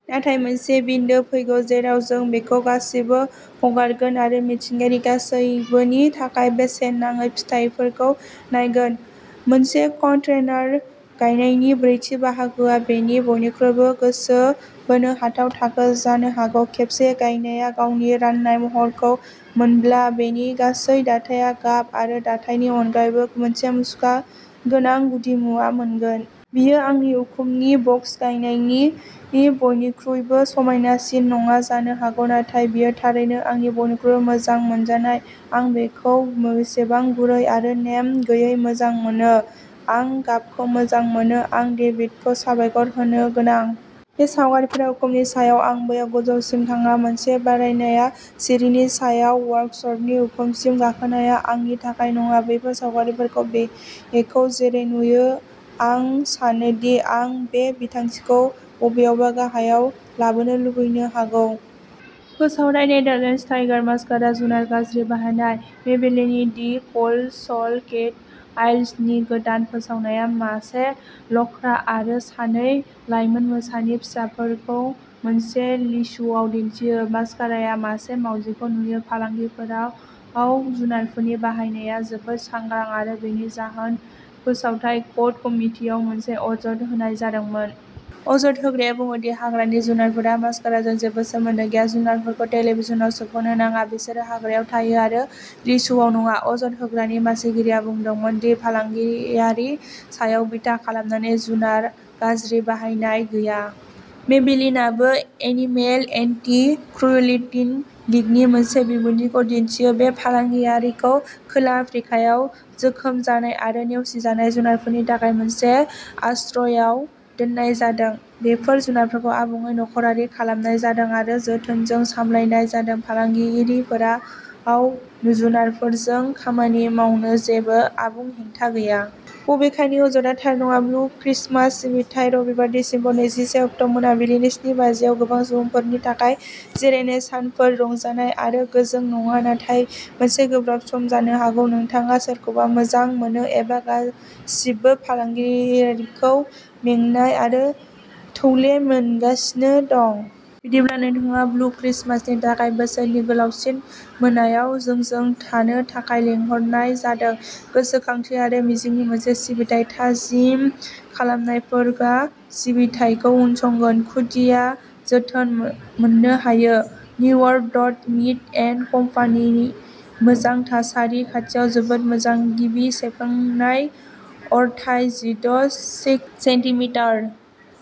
नाथाय मोनसे बिन्दो फैगोन जेराव जों बेखौ गासिबो हगारगोन आरो मिथिंगानि गासैबोनि थाखाय बेसेन नाङै फिथायफोरखौ नायगोन। मोनसे कन्टेनार गायनायनि ब्रैथि बाहागोआ बेनि बयनिख्रुइबो गोसो बोनो हाथाव थाखो जानो हागौ। खेबसे गायनाया गावनि रानाय महरखौ मोनब्ला बेनि गासै दाथाया गाब आरो दाथायनि अनगायैबो मोनसे मुसुखा गोनां गुदिमुवा मोनगोन। बेयो आंनि उखुमनि बक्स गायनायनि बयनिख्रुइबो समायनासिन नङा जानो हागौ नाथाय बेयो थारैनो आंनि बयनख्रुइबो मोजां मोनजानाय। आं बेखौ बेसेबां गुरै आरो नेम गैयै मोजां मोनो। आं गाबखौ मोजां मोनो। आं डेभिडखौ साबायखर होनो गोनां। बे सावगारिफोरा उखुमनि सायाव आं बैयाव गोजौसिम थाङा। मोनसे बारायनाय सिरिनि सायाव वर्क्सनि उखुमसिम गाखोनाया आंनि थाखाय नङा। बेफोर सावगारिफोराव बेखौ जेरै नुयो आं सानो दि आं बे बिथांखिखौ बबेयावबा गाहायाव लाबोनो लुबैनो हागौ। फोसावथाय नेदारलेन्डस टाइगार मास्कारा जुनार गाज्रि बाहायनाय? मेबेलिननि ''दि कल'सल केट आइज'' नि गोदान फोसावनाया मासे लख्रा आरो सानै लाइमोन मोसानि फिसाफोरखौ मोनसे लिशआव दिन्थियो। मस्कारा आ मासे मावजिखौ नुयो। फालांगियारिफोराव जुनारफोरनि बाहायनाया जोबोद सांग्रां आरो बेनि जाहोनाव फोसावथाय कड कमितिनाव मोनसे अजद होनाय जादोंमोन। अजद होग्राया बुङो दि हाग्रानि जुनारफोरा मास्काराजों जेबो सोमोन्दो गैया। जुनारफोरखौ टेलिभिजनआव सोबख'नो नाङा बिसोरो हाग्रायाव थायो आरो लिशआव नङा। अजद होग्रानि मासिगिरिया बुंदोंमोन दि फालांगियारि सायाव बिथा खालामनानै जुनार गाज्रि बाहायनाय गैया। मेबेलिनआबो एनिमेल एन्टी क्रुएल्टी लीगनि मोनसे बिबुंथिखौ दिन्थिदों। बे फालांगियारिखौ खोला आफ्रिकायाव जोखोम जानाय आरो नेवसिजानाय जुनारफोरनि थाखाय मोनसे आश्रयआव दोननाय जादों। बेफोर जुनारफोरखौ आबुङै न'खरारि खालामनाय जादों आरो जोथोनजों सामलायनाय जादों। फालांगियारिफोराव जुनारफोरजों खामानि मावनो जेबो आबुं हेंथा गैया। बेनिखायनो अजदआ थार नङा। ब्लु क्रिसमास सिबिथाइ रबिबार, दिसेम्बर नैजिसे अक्ट' मोनाबिलि स्नि बाजिआव गोबां सुबुंफोरनि थाखाय जिरायनाय सानफोरा रंजानाय आरो गोजों नङा नाथाय मोनसे गोब्राब सम। जानो हागौ नोंथाङा सोरखौबा मोजां मोनो एबा गासिबो फालांगियारिखौ मेंनाय आरो थौले मोनगासिनो दं। बिदिब्ला नोंथांखौ ''ब्लु क्रिसमास'' नि थाखाय बोसोरनि गोलावसिन मोनायाव जोंजों थानो थाखाय लिंहरनाय जादों गोसोखांथि आरो मिजिंनि मोनसे सिबिथाइ। थाजिम खालामनायफोरा सिबिथायखौ उनसंगोन। खुदिया जोथोन मोननो हायो। New York Dodd, Mead, and Company मोजां थासारि खाथियाव जोबोद मोजां। गिबि सेबखांनाय। अरथाइ जिद' सेन्टिमिटार ।